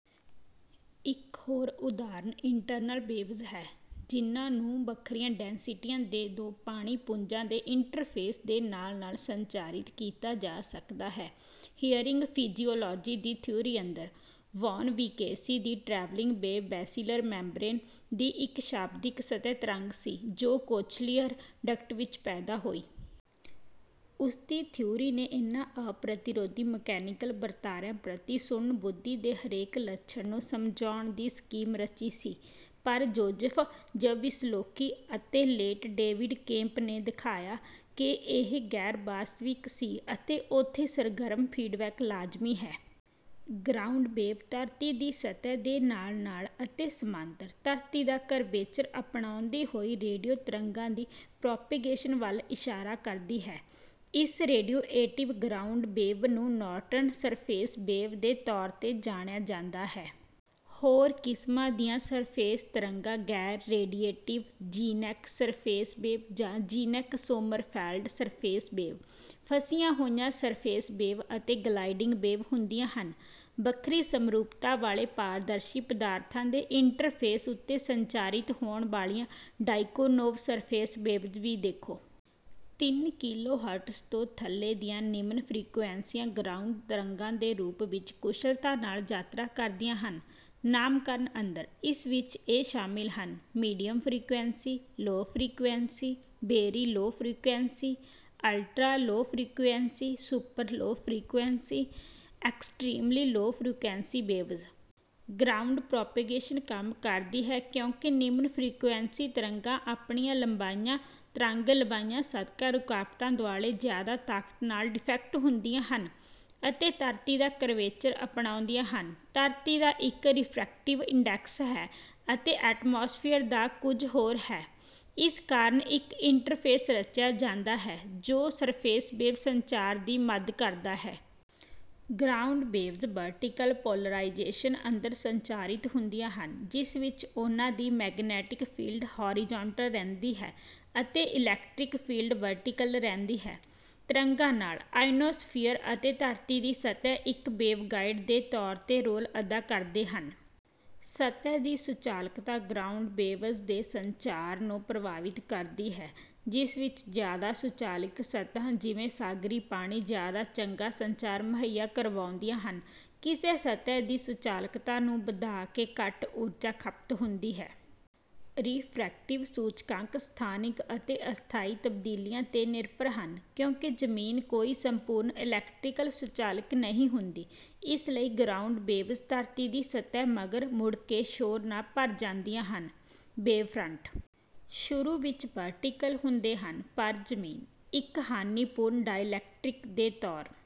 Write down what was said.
ਇੱਕ ਹੋਰ ਉਦਾਹਰਨ ਇੰਟ੍ਰਨਲ ਵੇਵਜ਼ ਹੈ, ਜਿਹਨਾਂ ਨੂੰ ਵੱਖਰੀਆਂ ਡੈਂਸਿਟੀਆਂ ਦੇ ਦੋ ਪਾਣੀ-ਪੁੰਜਾਂ ਦੇ ਇੰਟ੍ਰਫੇਸ ਦੇ ਨਾਲ-ਨਾਲ ਸੰਚਾਰਿਤ ਕੀਤਾ ਜਾ ਸਕਦਾ ਹੈ। ਹਿਅਰਿੰਗ ਫਿਜ਼ੀਔਲੌਜੀ ਦੀ ਥਿਊਰੀ ਅੰਦਰ, ਵੌਨ ਬੀਕੇਸੀ ਦੀ ਟ੍ਰੈਵਲਿੰਗ ਵੇਵ ਬੇਸੀਲਰ ਮੈਂਬ੍ਰੇਨ ਦੀ ਇੱਕ ਸ਼ਾਬਦਿਕ ਸਤਹਿ ਤਰੰਗ ਸੀ ਜੋ ਕੋਚਲੀਅਰ ਡਕਟ ਵਿੱਚ ਪੈਦਾ ਹੋਈ। ਉਸਦੀ ਥਿਊਰੀ ਨੇ ਇਹਨਾਂ ਅਪ੍ਰਤਿਰੋਧੀ ਮਕੈਨੀਕਲ ਵਰਤਾਰਿਆਂ ਪ੍ਰਤੀ ਸੁਣਨ-ਬੁੱਧੀ ਦੇ ਹਰੇਕ ਲੱਛਣ ਨੂੰ ਸਮਝਾਉਣ ਦੀ ਸਕੀਮ ਰਚੀ ਸੀ। ਪਰ ਜੋਜ਼ਫ ਜ਼ਵਿਸਲੋਕੀ ਅਤੇ ਲੇਟ ਡੇਵਿਡ ਕੇਂਪ ਨੇ ਦਿਖਾਇਆ ਕਿ ਇਹ ਗੈਰ-ਵਾਸਤਵਿਕ ਸੀ ਅਤੇ ਓਥੇ ਸਰਗਰਮ ਫੀਡਬੈਕ ਲਾਜ਼ਮੀ ਹੈ। ਗਰਾਊਂਡ ਵੇਵ ਧਰਤੀ ਦੀ ਸਤਹਿ ਦੇ ਨਾਲ-ਨਾਲ ਅਤੇ ਸਮਾਂਤਰ, ਧਰਤੀ ਦਾ ਕਰਵੇਚਰ ਅਪਣਾਉਂਦੀ ਹੋਈ ਰੇਡੀਓ ਤਰੰਗਾਂ ਦੀ ਪ੍ਰੌਪੇਗੇਸ਼ਨ ਵੱਲ ਇਸ਼ਾਰਾ ਕਰਦੀ ਹੈ। ਇਸ ਰੇਡੀਏਟਿਵ ਗਰਾਊਂਡ ਵੇਵ ਨੂੰ ਨੌਰਟਨ ਸਰਫੇਸ ਵੇਵ ਦੇ ਤੌਰ ਤੇ ਜਾਣਿਆ ਜਾਂਦਾ ਹੈ। ਹੋਰ ਕਿਸਮਾਂ ਦੀਆਂ ਸਰਫੇਸ ਤਰੰਗਾਂ ਗੈਰ-ਰੇਡੀਏਟਿਵ ਜ਼ੀਨੈਕ ਸਰਫੇਸ ਵੇਵ, ਜਾਂ ਜ਼ੀਨੈਕ-ਸੋਮੱਰਫੈਲਡ ਸਰਫੇਸ ਵੇਵ, ਫਸੀਆਂ ਹੋਈਆਂ ਸਰਫੇਸ ਵੇਵ ਅਤੇ ਗਲਾਈਡਿੰਗ ਵੇਵ ਹੁੰਦੀਆਂ ਹਨ। ਵੱਖਰੀ ਸਮਰੂਪਤਾ ਵਾਲੇ ਪਾਰਦਰਸ਼ੀ ਪਦਾਰਥਾਂ ਦੇ ਇੰਟ੍ਰਫੇਸ ਉੱਤੇ ਸੰਚਾਰਿਤ ਹੋਣ ਵਾਲੀਆਂ ਡਾਇਕੋਨੋਵ ਸਰਫੇਸ ਵੇਵਜ਼ ਵੀ ਦੇਖੋ। ਤਿੰਨ ਕਿਲੋਹਰਟਜ਼ ਤੋਂ ਥੱਲੇ ਦੀਆਂ ਨਿਮਨ ਫ੍ਰੀਕੁਐਂਸੀਆਂ ਗਰਾਊਂਡ ਤਰੰਗਾਂ ਦੇ ਰੂਪ ਵਿੱਚ ਕੁਸ਼ਲਤਾ ਨਾਲ ਯਾਤਰਾ ਕਰਦੀਆਂ ਹਨ। ਨਾਮਕਰਨ ਅੰਦਰ, ਇਸ ਵਿੱਚ ਇਹ ਸ਼ਾਮਿਲ ਹਨ: medium frequency, low frequency, very low frequency, ultra low frequency, super low frequency, extremely low frequency waves. Ground propagation ਕੰਮ ਕਰਦੀ ਹੈ ਕਿਉਂਕਿ ਨਿਮਨ ਫ੍ਰੀਕੁਐਂਸੀ ਤਰੰਗਾਂ ਆਪਣੀਆਂ ਲੰਬੀਆਂ ਤਰੰਗ-ਲੰਬਾਈਆਂ ਸਦਕਾ ਰੁਕਾਵਟਾਂ ਦੁਆਲੇ ਜ਼ਿਆਦਾ ਤਾਕਤ ਨਾਲ ਡਿੱਫ੍ਰੈਕਟ ਹੁੰਦੀਆਂ ਹਨ, ਅਤੇ ਧਰਤੀ ਦਾ ਕਰਵੇਚਰ ਅਪਣਾਉਂਦੀਆਂ ਹਨ। ਧਰਤੀ ਦਾ ਇੱਕ ਰਿਫ਼੍ਰੈਕਟਿਵ ਇੰਡੈਕਸ ਹੈ ਅਤੇ ਐਟਮੋਸਫੀਅਰ ਦਾ ਕੁੱਝ ਹੋਰ ਹੈ, ਇਸ ਕਾਰਨ ਇੱਕ ਇੰਟ੍ਰਫੇਸ ਰਚਿਆ ਜਾਂਦਾ ਹੈ ਜੋ ਸਰਫੇਸ ਵੇਵ ਸੰਚਾਰ ਦੀ ਮਦ ਕਰਦਾ ਹੈ। ਗਰਾਊਂਡ ਵੇਵਜ਼ ਵਰਟੀਕਲ ਪੋਲਰਾਇਜ਼ੇਸ਼ਨ ਅੰਦਰ ਸੰਚਾਰਿਤ ਹੁੰਦੀਆਂ ਹਨ, ਜਿਸ ਵਿੱਚ ਉਹਨਾਂ ਦੀ ਮੈਗਨੈਟਿਕ ਫੀਲਡ ਹੌਰੀਜ਼ੌਨਟਲ ਰਹਿੰਦੀ ਹੈ ਅਤੇ ਇਲੈਕਟ੍ਰਿਕ ਫੀਲਡ ਵਰਟੀਕਲ ਰਹਿੰਦੀ ਹੈ। ਤਰੰਗਾਂ ਨਾਲ, ਆਇਓਨੋਸਫੀਅਰ ਅਤੇ ਧਰਤੀ ਦੀ ਸਤਹਿ ਇੱਕ ਵੇਵਗਾਈਡ ਦੇ ਤੌਰ ਤੇ ਰੋਲ ਅਦਾ ਕਰਦੇ ਹਨ। ਸਤਹਿ ਦੀ ਸੁਚਾਲਕਤਾ ਗਰਾਊਂਡ ਵੇਵਜ਼ ਦੇ ਸੰਚਾਰ ਨੂੰ ਪ੍ਰਭਾਵਿਤ ਕਰਦੀ ਹੈ, ਜਿਸ ਵਿੱਚ ਜ਼ਿਆਦਾ ਸੁਚਾਲਕ ਸਤਹਿਾਂ ਜਿਵੇਂ ਸਾਗਰੀ ਪਾਣੀ ਜ਼ਿਆਦਾ ਚੰਗਾ ਸੰਚਾਰ ਮੁਹੱਈਆ ਕਰਵਾਉਂਦੀਆਂ ਹਨ। ਕਿਸੇ ਸਤਹਿ ਦੀ ਸੁਚਾਲਕਤਾ ਨੂੰ ਵਧਾ ਕੇ ਘੱਟ ਊਰਜਾ ਖਪਤ ਹੁੰਦੀ ਹੈ। ਰਿਫ੍ਰੈਕਟਿਵ ਸੂਚਕਾਂਕ ਸਥਾਨਿਕ ਅਤੇ ਅਸਥਾਈ ਤਬਦੀਲੀਆਂ ਤੇ ਨਿਰਭਰ ਹਨ। ਕਿਉਂਕਿ ਜ਼ਮੀਨ ਕੋਈ ਸੰਪੂਰਣ ਇਲੈਕਟ੍ਰੀਕਲ ਸੁਚਾਲਕ ਨਹੀਂ ਹੁੰਦੀ, ਇਸ ਲਈ ਗਰਾਊਂਡ ਵੇਵਜ਼ ਧਰਤੀ ਦੀ ਸਤਹਿ ਮਗਰ ਮੁੜ ਕੇ ਸ਼ੋਰ ਨਾਲ ਭਰ ਜਾਂਦੀਆਂ ਹਨ। ਵੇਵਫ੍ਰੰਟ ਸ਼ੁਰੂ ਵਿੱਚ ਵਰਟੀਕਲ ਹੁੰਦੇ ਹਨ, ਪਰ ਜ਼ਮੀਨ, ਇੱਕ ਹਾਨੀਪੂਰਣ ਡਾਇਲੈਕਟ੍ਰਿਕ ਦੇ ਤੌਰ